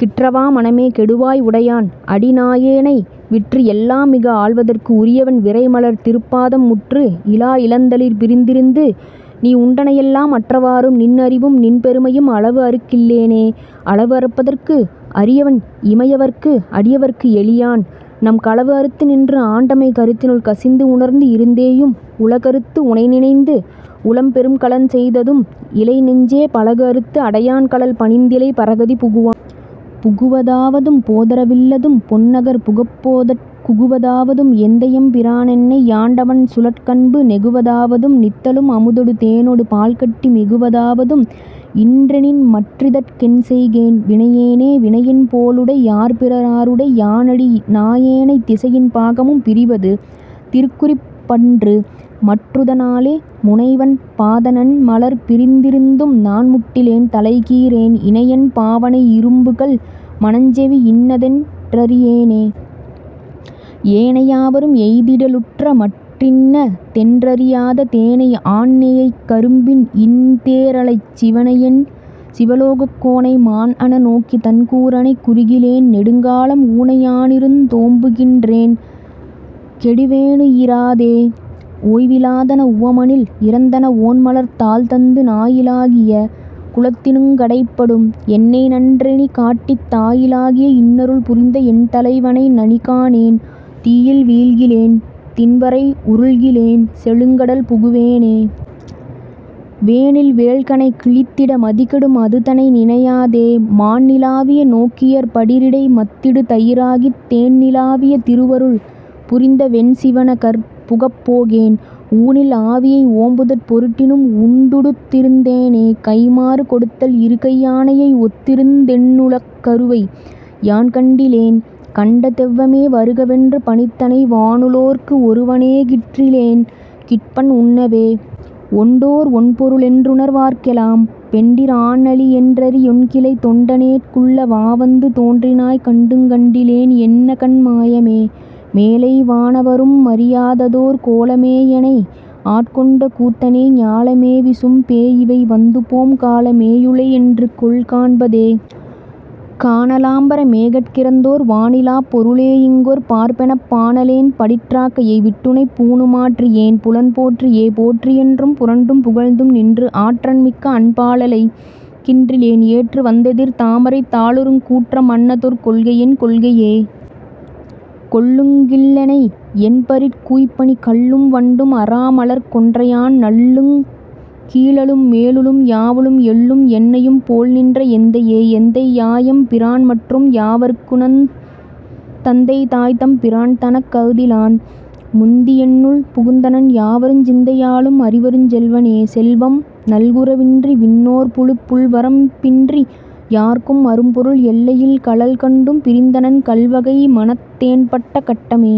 கிற்றவா மனமே கெடுவாய் உடையான் அடி நாயேனை விற்று எலாம் மிக ஆள்வதற்கு உரியவன் விரைமலர் திருப் பாதம் முற்று இலா இளந்தளிர் பிரிந்திருந்து நீ உண்டன எல்லாம் அற்றவாறும் நின் அறிவும் நின்பெருமையும் அளவு அறுக் கில்லேனே. அளவு அறுப்பதற்கு அரியவன் இமையவர்க்கு அடியவர்க்கு எளியான் நம் களவு அறுத்து நின்று ஆண்டமை கருத்தினுள் கசிந்து உணர்ந்து இருந்தேயும் உள கறுத்து உனை நினைந்து உளம் பெரும் களன் செய்ததும் இலை நெஞ்சே பளகு அறுத்து அடையான் கழல் பணிந்திலை பரகதி புகுவானே. புகுவ தாவதும் போதர வில்லதும் பொன்னகர் புகப்போதற் குகுவ தாவதும் எந்தையெம் பிரானென்னை யாண்டவன் சுழற்கன்பு நெகுவ தாவதும் நித்தலும் அமுதொடு தேனொடு பால்கட்டி மிகுவ தாவதும் இன்றெனின் மற்றிதற் கென்செய்கேன் வினையேனே. வினையென் போலுடை யார்பிற ராருடை யானடி நாயேனைத் திசையின் பாகமும் பிரிவது திருக்குறிப் பன்றுமற் றதணாலே முனைவன் பாதநன் மலர்பிரிந் திருந்தும்நான்முட்டிலேன் தலைகீறேன் இனையன் பாவனை யிரும்புகல் மனஞ்செவி யின்னதென் றறியேனே. ஏனை யாவரும் எய்திட லுற்றமற் றின்ன தென் றறியாத தேனை ஆன்நெயைக் கரும்பின் இன் தேறலைச் சிவனையென் சிவலோகக் கோனை மான்அன நோக்கிதன் கூறனைக் குறுகிலேன் நெடுங்காலம் ஊனை யானிருந் தோம்புகின் றேன்கெடு வேனுயி ரோயாதே. ஓய்வி லாதன உவமனில் இறந்தன ஒண்மலர்த் தாள்தந்து நாயி லாகிய குலத்தினுங் கடைப்படும் என்னைநன் னெறிகாட்டித் தாயி லாகிய இன்னருள் புரிந்தஎன் தலைவனை நனிகாணேன் தீயில் வீழ்கிலேன் திண்வரை உருள்கிலேன் செழுங்கடல் புகுவேனே. வேனில் வேள்கணை கிழித்திட மதிகெடும் அதுதனை நினையாதே மான்நி லாவிய நோக்கியர் படிறிடை மத்திடு தயிராகித் தேன்நி லாவிய திருவருள் புரிந்தவென் சிவனகர் புகப்போகேன் ஊனில் ஆவியை ஓம்புதற் பொருட்டினும் உண்டுடுத் திருந்தேனே.. கைம்மாறு கொடுத்தல் இருகை யானையை ஒத்திருந் தென்னுளக் கருவை யான்கண்டி லேன் கண்ட தெவ்வமே வருக வென்று பணித்தனை வானுளோர்க்கு ஒருவ னேகிற்றி லேன்கிற்பன் உண்ணவே. உண்டோ ர் ஒண்பொரு ளென்றுணர் வார்க்கெலாம் பெண்டிர் ஆண்அலி யென்றறி யொண்கிலை தொண்ட னேற்குள்ள வாவந்து தோன்றினாய் கண்டுங் கண்டிலேன் என்னகண் மாயமே. மேலை வானவ ரும்மறி யாததோர் கோல மேயெனை ஆட்கொண்ட கூத்தனே ஞால மேவிசும் பேயிவை வந்துபோம் கால மேயுளை யென்றுகொல் காண்பதே. காண லாம்பர மேகட் கிறந்ததோர் வாணி லாப் பொரு ளேயிங்கொர் பார்ப்பெனப் பாண ளேன்படிற் றாக்கையை விட்டுனைப் பூணு மாற்றி யேன் புலன் போற்றியே. போற்றி யென்றும் புரண்டும் புகழ்ந்தும்நின்று ஆற்றன் மிக்கஅன் பாலழைக் கின்றிலேன் ஏற்று வந்தெதிர் தாமரைத் தாளுறுங் கூற்ற மன்னதொர் கொள்கையென் கொள்கையே. கொள்ளுங் கில்லெனை யன்பரிற் கூய்ப்பணி கள்ளும் வண்டும் அறாமலர்க் கொன்றையான் நள்ளுங் கீழளும் மேலுளும் யாவுளும் எள்ளும் எண்ணெயும் போல்நின்ற எந்தையே. எந்தை யாயெம் பிரான்மற்றும் யாவர்க்குந் தந்தை தாய்தம் பிரான்தனக் கஃதிலான் முந்தி யென்னுள் புகுந்தனன் யாவருஞ் சிந்தை யாலும் அறிவருஞ் செல்வனே. செல்வம் நல்குர வின்றிவிண் ணோர்புழுப் புல்வரம் பின்றி யார்க்கும் அரும்பொருள் எல்லை யில்கழல் கண்டும் பிரிந்தனன் கல்வ கைமனத் தேன்பட்ட கட்டமே.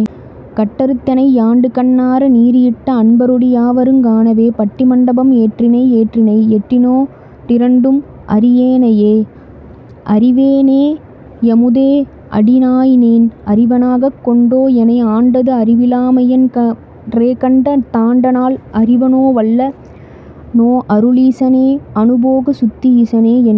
கட்டறுத்தெனை யாண்டுகண் ணாரநீறு இட்ட அன்பரொ டியாவருங் காணவே பட்டி மண்டபம் ஏற்றினை ஏற்றினை எட்டி னோடிரண் டும் அறி யேனையே. அறிவ னேயமு தேஅடி நாயினேன் அறிவ னாகக் கொண்டோ எனை ஆண்டது அறிவி லாமையன் றேகண்ட தாண்டநாள் அறிவ னோவல்ல னோஅரு ளீசனே.. அநுபோகசுத்தி ஈசனேயென்